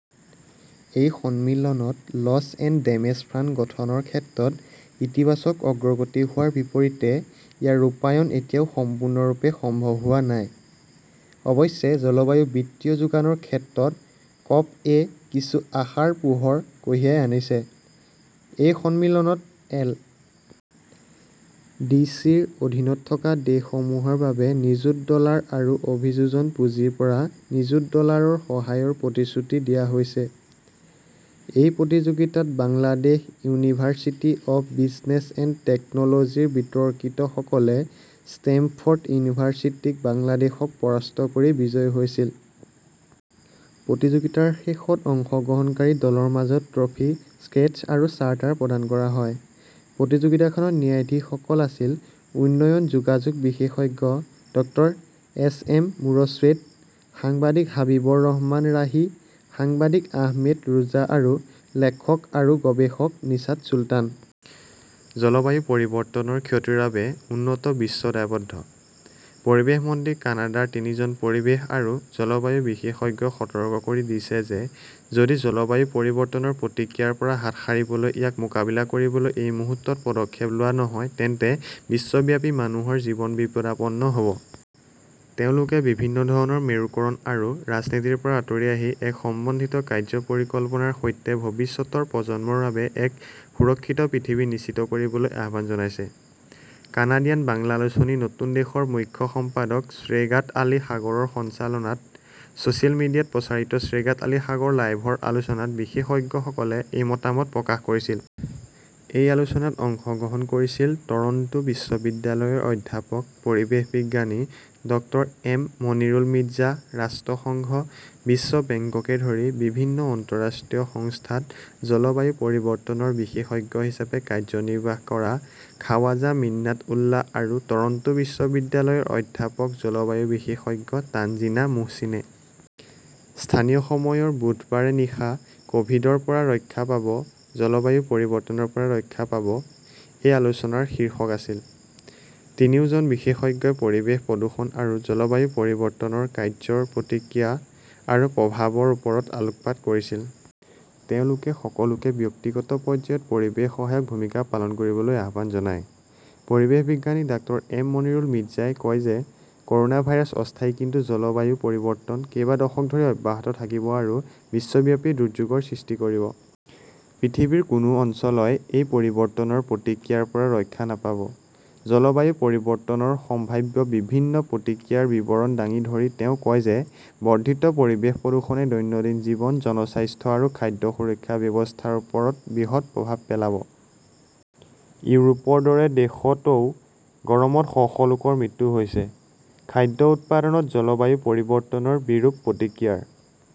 এই সন্মিলনত loss and damage fund গঠনৰ ক্ষেত্ৰত ইতিবাচক অগ্ৰগতি হোৱাৰ বিপৰীতে ইয়াৰ ৰূপায়ণ এতিয়াও সম্পূৰ্ণৰূপে সম্ভৱ হোৱা নাই। অৱশ্যে জলবায়ু বিত্তীয় যোগানৰ ক্ষেত্ৰত কপ- -এ কিছু আশাৰ পোহৰ কঢ়িয়াই আনিছে। এই সন্মিলনত এল. ডি. চি. -ৰ অধীনত থকা দেশসমূহৰ বাবে নিযুত ডলাৰ আৰু অভিযোজন পুঁজিৰ পৰা নিযুত ডলাৰৰ সহায়ৰ প্ৰতিশ্ৰুতি দিয়া হৈছে। এই প্ৰতিযোগিতাত Bangladesh university of business and টেকন 'লজিৰ বিতৰ্কিতসকলে ষ্টেমফৰ্ড ইউনিভাৰ্চিটিক বাংলাদেশক পৰাস্ত কৰি বিজয়ী হৈছিল। প্ৰতিযোগিতাৰ শেষত অংশগ্ৰহণকাৰী দলৰ মাজত ট্ৰফী, ক্ৰেষ্ট আৰু চাৰ্টাৰ প্ৰদান কৰা হয়। প্ৰতিযোগিতাখনত ন্যায়াধীশসকল আছিল-উন্নয়ন যোগাযোগ বিশেষজ্ঞ ড এছ. এম. মোৰশ্বেদ, সাংবাদিক হাবিবৰ ৰহমান ৰাহি, সাংবাদিক আহমেদ ৰেজা আৰু লেখক আৰু গৱেষক নিশাত চুলতান। জলবায়ু পৰিৱৰ্তনৰ ক্ষতিৰ বাবে উন্নত বিশ্ব দায়বদ্ধঃ পৰিৱেশ মন্ত্ৰী কানাডাৰ তিনিজন পৰিৱেশ আৰু জলবায়ু বিশেষজ্ঞই সতৰ্ক কৰি দিছে যে যদি জলবায়ু পৰিৱৰ্তনৰ প্ৰতিক্ৰিয়াৰ পৰা হাত সাৰিবলৈ ইয়াক মোকাবিলা কৰিবলৈ এই মুহূৰ্তত পদক্ষেপ লোৱা নহয় তেন্তে বিশ্বব্যাপী মানুহৰ জীৱন বিপদাপন্ন হ 'ব। তেওঁলোকে বিভিন্ন ধৰণৰ মেৰুকৰণ আৰু ৰাজনীতিৰ পৰা আঁতৰি আহি এক সমন্বিত কাৰ্য্য পৰিকল্পনাৰ সৈতে ভৱিষ্যতৰ প্ৰজন্মৰ বাবে এক সুৰক্ষিত পৃথিৱী নিশ্চিত কৰিবলৈ আহ্বান জনাইছে। কানাডিয়ান বাংলা আলোচনী নতুন দেশৰ মুখ্য সম্পাদক শ্বোগাট আলী সাগৰৰ সঞ্চালনাত ছ "চিয়েল মিডিয়াত প্ৰচাৰিত শ্বোগাট আলী সাগৰ লাইভৰ আলোচনাত বিশেষজ্ঞসকলে এই মতামত প্ৰকাশ কৰিছিল। এই আলোচনাত অংশগ্ৰহণ কৰিছিল টৰন্টো বিশ্ববিদ্যালয়ৰ অধ্যাপক পৰিৱেশ বিজ্ঞানী ড এম. মনিৰুল মিৰ্জা, ৰাষ্ট্ৰসংঘ, বিশ্ব বেংককে ধৰি বিভিন্ন আন্তঃৰাষ্ট্ৰীয় সংস্থাত জলবায়ু পৰিৱৰ্তনৰ বিশেষজ্ঞ হিচাপে কাৰ্যনিৰ্বাহ কৰা খাৱাজা মিন্নাট উল্লা আৰু টৰন্টো বিশ্ববিদ্যালয়ৰ অধ্যাপক জলবায়ু বিশেষজ্ঞ তানজিনা মোহচিনে। স্থানীয় সময়ৰ বুধবাৰে নিশা 'ক "ভিডৰ পৰা ৰক্ষা পাব, জলবায়ু পৰিৱৰ্তনৰ পৰা ৰক্ষা পাব! " এই আলোচনাৰ শীৰ্ষক আছিল '। তিনিওজন বিশেষজ্ঞই পৰিৱেশ প্ৰদূষণ আৰু জলবায়ু পৰিৱৰ্তনৰ কাৰ্য্যৰ প্ৰতিক্ৰিয়া আৰু প্ৰভাৱৰৰ ওপৰত আলোকপাত কৰিছিল। তেওঁলোকে সকলোকে ব্যক্তিগত পৰ্যায়ত পৰিৱেশ সহায়ক ভূমিকা পালন কৰিবলৈ আহ্বান জনায়। পৰিৱেশ বিজ্ঞানী ডাঃ এম মনিৰুল মিৰ্জাই কয় যে কৰ 'না ভাইৰাছ অস্থায়ী কিন্তু জলবায়ু পৰিৱৰ্তন কেইবা দশক ধৰি অব্যাহত থাকিব আৰু বিশ্বব্যাপী দুৰ্যোগৰ সৃষ্টি কৰিব। পৃথিৱীৰ কোনো অঞ্চলই এই পৰিৱৰ্তনৰ প্ৰতিক্ৰিয়াৰ পৰা ৰক্ষা নাপাব। জলবায়ু পৰিৱৰ্তনৰ সম্ভাৱ্য বিভিন্ন প্ৰতিক্ৰিয়াৰ বিৱৰণ দাঙি ধৰি তেওঁ কয় যে বৰ্ধিত পৰিৱেশ প্ৰদূষণে দৈনন্দিন জীৱন, জনস্বাস্থ্য আৰু খাদ্য সুৰক্ষা ব্যৱস্থাৰ ওপৰত বৃহৎ প্ৰভাৱ পেলাব। ইউৰোপৰ দৰে দেশতও গৰমত শ শ লোকৰ মৃত্যু হৈছে। খাদ্য উৎপাদনত জলবায়ু পৰিৱৰ্তনৰ বিৰূপ প্ৰতিক্ৰিয়াৰ